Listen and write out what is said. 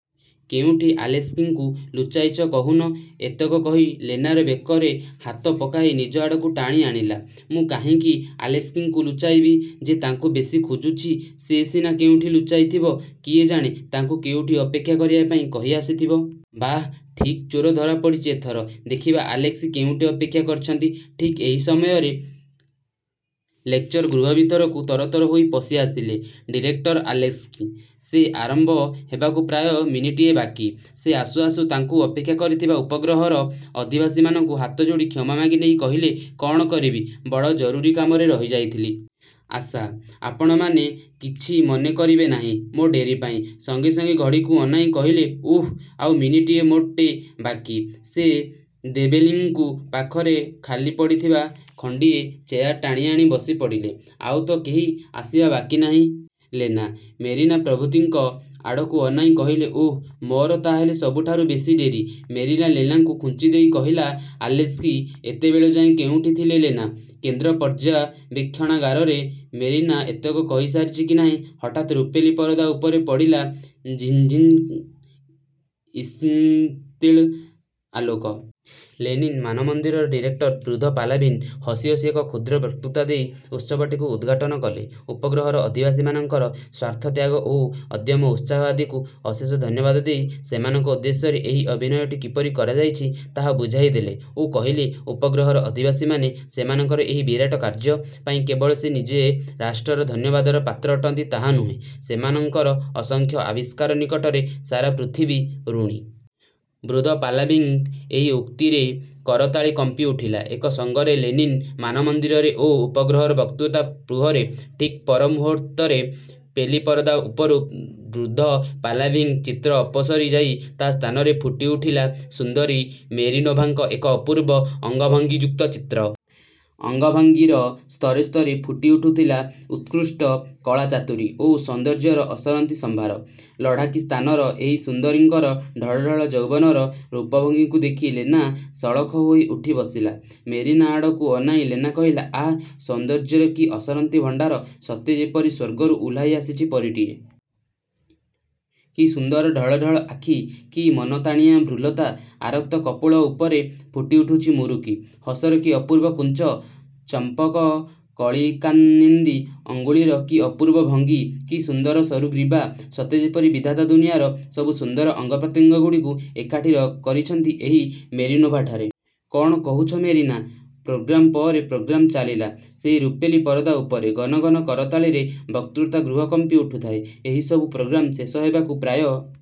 କେଉଁଠି ଆଲେସ୍କିଙ୍କୁ ଲୁଚାଇଛ କହୁନ? '' ଏତକ କହି ଲେନାର ବେକରେ ହାତ ପକାଇ ନିଜ ଆଡ଼କୁ ଟାଣି ଆଣିଲା। ''ମୁଁ କାହିଁକି ଆଲେସ୍କିଙ୍କୁ ଲୁଚାଇବି! ଯେ ତାଙ୍କୁ ବେଶୀ ଖୋଜୁଛି ସେ ସିନା କେଉଁଠି ଲୁଚାଇଥିବ? କିଏ ଜାଣେ, ତାଙ୍କୁ କେଉଁଠି ଅପେକ୍ଷା କରିବା ପାଇଁ କହିଆସିଥିବ। '' ''ବାଃ, ଠିକ୍ ଚୋର ଧରାପଡ଼ିଛି ଏଥର। ଦେଖିବା ଆଲେସ୍କି କେଉଁଠି ଅପେକ୍ଷା କରିଛନ୍ତି? '' ଠିକ୍ ଏହି ସମୟରେ ଲେକ୍ଚର ଗୃହ ଭିତରକୁ ତରତର ହୋଇ ପଶିଆସିଲେ ଡିରେକ୍ଟର ଆଲେସ୍କି। ସେ ଆରମ୍ଭ ହେବାକୁ ପ୍ରାୟ ମିନିଟିଏ ବାକି। ସେ ଆସୁ ଆସୁ ତାଙ୍କୁ ଅପେକ୍ଷା କରିଥିବା ଉପଗ୍ରହର ଅଧିବାସୀମାନଙ୍କୁ ହାତ ଯୋଡ଼ି କ୍ଷମା ମାଗିନେଇ କହିଲେ, ''କ'ଣ କରିବି, ବଡ଼ ଜରୁରୀ କାମରେ ରହିଯାଇଥିଲି। ଆଶା, ଆପଣମାନେ କିଛି ମନେ କରିବେ ନାହିଁ ମୋ ଡେରି ପାଇଁ। '' ସଙ୍ଗେ ସଙ୍ଗେ ଘଡ଼ିକୁ ଅନାଇଁ କହିଲେ, ''ଓଃ, ଆଉ ମିନିଟିଏ ମୋଟେ ବାକି-? '' ସେ ଦେବେଲିନ୍ଙ୍କ ପାଖରେ ଖାଲି ପଡ଼ିଥିବା ଖଣ୍ତିଏ ଚେୟାର ଟାଣି ଆଣି ବସିପଡ଼ିଲେ। ''ଆଉ ତ କେହି ଆସିବା ବାକି ନାହିଁ? '' ଲେନା, ମେରିନା ପ୍ରଭୃତିଙ୍କ ଆଡ଼କୁ ଅନାଇଁ କହିଲେ, ''ଓଃ, ମୋର ତା' ହେଲେ ସବୁଠାରୁ ବେଶୀ ଡେରି। '' ମେରିନା ଲେନାକୁ ଖୁଞ୍ଚିଦେଇ କହିଲା, ''ଆଲେସ୍କି ଏତେବେଳଯାଏଁ କେଉଁଠି ଥିଲେ ଲେନା? କେନ୍ଦ୍ର ପର୍ଯ୍ୟବେକ୍ଷଣାଗାରରେ। ମେରିନା ଏତକ କହିସାରିଛି କି ନାହିଁ, ହଠାତ୍ ରୂପେଲି ପରଦା ଉପରେ ପଡ଼ିଲା ଝିନ୍ଝିନ୍ ଈଷତ୍ନୀଳ ଆଲୋକ। ଲେନିନ୍ ମାନମନ୍ଦିରର ଡିରେକ୍ଟର ବୃଦ୍ଧ ପାଲାଭିନ୍ ହସି ହସି ଏକ କ୍ଷୁଦ୍ର ବକ୍ତୃତା ଦେଇ ଉତ୍ସବଟିକୁ ଉଦ୍ଘାଟନ କଲେ। ଉପଗ୍ରହର ଅଧିବାସୀମାନଙ୍କର ସ୍ୱାର୍ଥତ୍ୟାଗ ଓ ଅଦ୍ୟମ ଉତ୍ସାହ ଆଦିକୁ ଅଶେଷ ଧନ୍ୟବାଦ ଦେଇ ସେମାନଙ୍କ ଉଦ୍ଦେଶ୍ୟରେ ଏହି ଅଭିନୟଟି କିପରି କରାଯାଇଛି ତାହା ବୁଝାଇଦେଲେ ଓ କହିଲେ, ''ଉପଗ୍ରହର ଅଧିବାସୀମାନେ ସେମାନଙ୍କର ଏହି ବିରାଟ କାର୍ଯ୍ୟ ପାଇଁ କେବଳ ସେ ନିଜେ ରାଷ୍ଟ୍ରର ଧନ୍ୟବାଦର ପାତ୍ର ଅଟନ୍ତି ତା ନୁହେଁ; ସେମାନଙ୍କର ଅସଂଖ୍ୟ ଆବିଷ୍କାର ନିକଟରେ ସାରା ପୃଥିବୀ ଋଣୀ। '' ବୃଦ୍ଧ ପାଲାଭିନ୍ଙ୍କ ଏହି ଉକ୍ତିରେ କରତାଳି କମ୍ପି ଉଠିଲା ଏକ ସଙ୍ଗରେ ଲେନିନ୍ ମାନମନ୍ଦିରରେ ଓ ଉପଗ୍ରହର ବକ୍ତୃତା ପୃହରେ। ଠିକ୍ ପରମୂହର୍ତ୍ତରେ ପେଲି ପରଦା ଉପରୁ ବୃଦ୍ଧ ପାଲାଭିନ୍ଙ୍କ ଚିତ୍ର ଅପସରି ଯାଇ ତା' ସ୍ଥାନରେ ଫୁଟିଉଠିଲା ସୁନ୍ଦରୀ ମେରିନୋଭାଙ୍କ ଏକ ଅପୂର୍ବ ଅଙ୍ଗଭଙ୍ଗୀଯୁକ୍ତ ଚିତ୍ର। ଅଙ୍ଗଭଙ୍ଗୀର ସ୍ତରେ ସ୍ତରେ ଫୁଟିଉଠୁଥିଲା ଉକ୍ତୃଷ୍ଟ କଳାଚାତୁରୀ ଓ ସୌନ୍ଦର୍ଯ୍ୟର ଅସରନ୍ତି ସମ୍ଭାର। ଲଢ଼ାକିସ୍ଥାନର ଏହି ସୁନ୍ଦରୀଙ୍କର ଢଳଢଳ ଯୌବନର ରୂପଭଙ୍ଗୀକୁ ଦେଖି ଲେନା ସଳଖ ହୋଇ ଉଠି ବସିଲା। ମେରିନା ଆଡ଼କୁ ଅନାଇ ଲେନା କହିଲା, ''ଆଃ! ସୌନ୍ଦର୍ଯ୍ୟର କି ଅସରନ୍ତି ଭଣ୍ଡାର? ସତେ ଯେପରି ସ୍ୱର୍ଗରୁ ଓହ୍ଲାଇ ଆସିଛି ପରୀଟିଏ। କି ସୁନ୍ଦର ଢଳଢଳ ଆଖି, କି ମନତାଣିଆ ଭ୍ରୂଲତା, ଆରକ୍ତ କପୋଳ ଉପରେ ଫୁଟିଉଠୁଛି ମୁରୁକି ହସର କି ଅପୂର୍ବ କୁଞ୍ଚ, ଚମ୍ପକକଳିକାନିନ୍ଦୀ ଅଙ୍ଗୁଳିର କି ଅପୂର୍ବ ଭଙ୍ଗୀ, କି ସୁନ୍ଦର ସରୁ ଗ୍ରୀବା? ସତେ ଯେପରି ବିଧାତା ଦୁନିଆର ସବୁ ସୁନ୍ଦର ଅଙ୍ଗପ୍ରତ୍ୟଙ୍ଗଗୁଡ଼ିକୁ ଏକାଠି କରିଛନ୍ତି ଏହି ମେରିନୋଭାଠାରେ। କ'ଣ କହୁଛ ମେରିନା? '' ପ୍ରୋଗ୍ରାମ ପରେ ପ୍ରୋଗ୍ରାମ ଚାଲିଲା ସେହି ରୂପେଲି ପରଦା ଉପରେ। ଘନ ଘନ କରତାଳିରେ ବକ୍ତୃତା ଗୃହ କମ୍ପି ଉଠୁଥାଏ। ଏହି ସବୁ ପ୍ରୋଗ୍ରାମ ଶେଷ ହେବାକୁ ପ୍ରାୟ